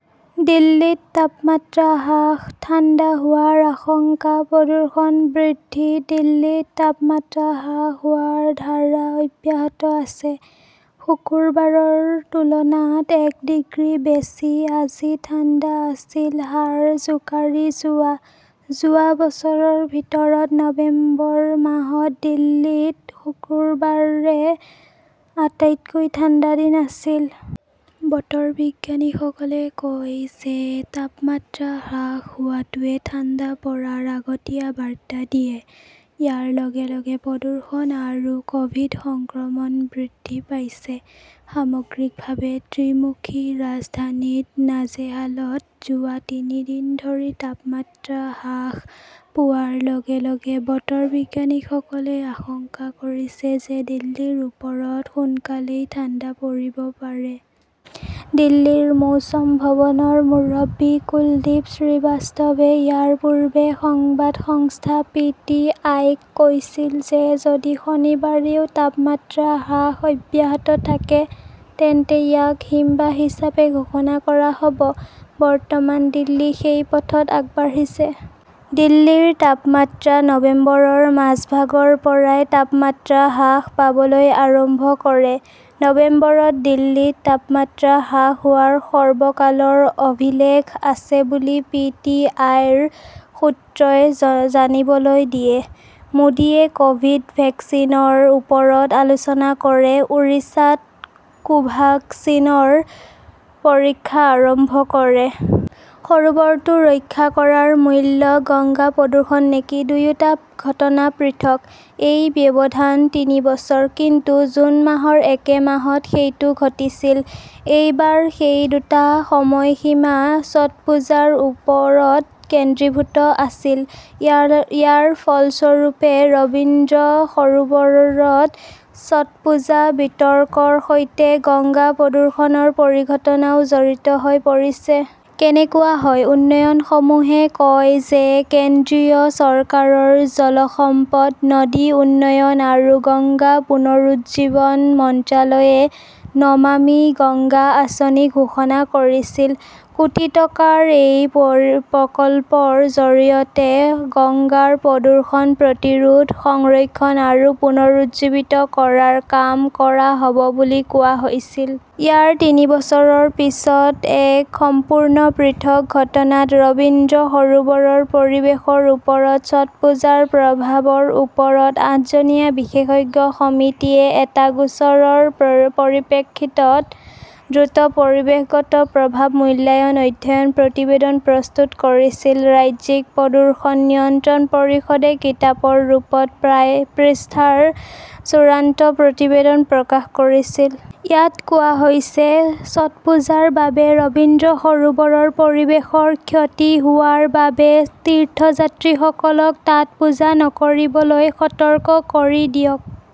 দিল্লীত তাপমাত্ৰা হ্ৰাস, ঠাণ্ডা হোৱাৰ আশংকা, প্ৰদূষণ বৃদ্ধি দিল্লীত তাপমাত্ৰা হ্ৰাস হোৱাৰ ধাৰা অব্যাহত আছে। শুকুৰবাৰৰ তুলনাত এক ডিগ্ৰী বেছি, আজি ঠাণ্ডা আছিল হাড় জোকাৰি যোৱা। যোৱা বছৰৰ ভিতৰত নৱেম্বৰ মাহত দিল্লীত শুকুৰবাৰে আটাইতকৈ ঠাণ্ডা দিন আছিল। বতৰ বিজ্ঞানীসকলে কয় যে তাপমাত্ৰা হ্ৰাস হোৱাটোৱে ঠাণ্ডা পৰাৰ আগতীয়া বাৰ্তা দিয়ে। ইয়াৰ লগে লগে প্ৰদূষণ আৰু কভিড সংক্ৰমণ বৃদ্ধি পাইছে। সামগ্ৰিকভাৱে, ত্ৰিমুখী ৰাজধানীত নাজেহালত যোৱা তিনি দিন ধৰি তাপমাত্ৰা হ্ৰাস পোৱাৰ লগে লগে বতৰ বিজ্ঞানীসকলে আশংকা কৰিছে যে দিল্লীৰ ওপৰত সোনকালেই ঠাণ্ডা পৰিব পাৰে। দিল্লীৰ মৌসম ভৱনৰ মুৰব্বী কুলদ্বীপ শ্ৰীবাস্তৱে ইয়াৰ পূৰ্বে সংবাদ সংস্থা পি. টি. আই. -ক কৈছিল যে যদি শনিবাৰেও তাপমাত্ৰা হ্ৰাস অব্যাহত থাকে তেন্তে ইয়াক হিমবাহ হিচাপে ঘোষণা কৰা হ 'ব। বৰ্তমান দিল্লী সেই পথত আগবাঢ়িছে। দিল্লীৰ তাপমাত্ৰা নৱেম্বৰৰ মাজভাগৰ পৰাই তাপমাত্ৰা হ্ৰাস পাবলৈ আৰম্ভ কৰে। নৱেম্বৰত দিল্লীত তাপমাত্ৰা হ্ৰাস হোৱাৰ সৰ্বকালৰ অভিলেখ আছে বুলি পি. টি. আই. -ৰ সূত্ৰই জানিবলৈ দিয়ে। মোদীয়ে কভিড ভেকচিনৰ ওপৰত আলোচনা কৰে, উৰিষ্যাত কোভাক্সিনৰ পৰীক্ষা আৰম্ভ কৰে। সৰোবৰটো ৰক্ষা কৰাৰ মূল্য গংগা-প্ৰদূষণ নেকি? দুয়োটা ঘটনা পৃথক। এই ব্যৱধান তিনি বছৰ। কিন্তু জুন মাহৰ একে মাহত সেইটো ঘটিছিল। এইবাৰ সেই দুটা সময়সীমা ছটপূজাৰ ওপৰত কেন্দ্ৰীভূত আছিল। ইয়াৰ ফলস্বৰূপে, ৰবীন্দ্ৰ সৰোবৰত ছটপূজা বিতৰ্কৰ সৈতে গংগা প্ৰদূষণৰ পৰিঘটনাও জড়িত হৈ পৰিছে। কেনেকুৱা হয়? উন্নয়নসমূহে কয় যে কেন্দ্ৰীয় চৰকাৰৰ জল সম্পদ, নদী উন্নয়ন আৰু গংগা পুনৰুজ্জীৱন মন্ত্ৰালয়ে 'নমামি গংগা আঁচনি ঘোষণা কৰিছিল।, কোটি টকাৰ এই প্ৰকল্পৰ জৰিয়তে গংগাৰ প্ৰদূষণ প্ৰতিৰোধ, সংৰক্ষণ আৰু পুনৰুজ্জীৱিত কৰাৰ কাম কৰা হব বুলি কোৱা হৈছিল। ইয়াৰ তিনি বছৰৰ পিছত, এক সম্পূৰ্ণ পৃথক ঘটনাত, ৰবীন্দ্ৰ সৰোবৰৰ পৰিৱেশৰ ওপৰত ছটপূজাৰ প্ৰভাৱৰ ওপৰত আঠজনীয়া বিশেষজ্ঞ সমিতিয়ে এটা গোচৰৰ পৰিপ্ৰেক্ষিতত দ্ৰুত 'পৰিৱেশগত প্ৰভাৱ মূল্যায়ন অধ্যয়ন প্ৰতিবেদন' প্ৰস্তুত কৰিছিল। ৰাজ্যিক প্ৰদূষণ নিয়ন্ত্ৰণ পৰিষদে কিতাপৰ ৰূপত প্ৰায় পৃষ্ঠাৰ চূড়ান্ত প্ৰতিবেদন প্ৰকাশ কৰিছিল। ইয়াত কোৱা হৈছে-ছটপূজাৰ বাবে ৰবীন্দ্ৰ সৰোবৰৰ পৰিৱেশৰ ক্ষতি হোৱাৰ বাবে তীৰ্থযাত্ৰীসকলক তাত পূজা নকৰিবলৈ সতৰ্ক কৰি দিয়ক।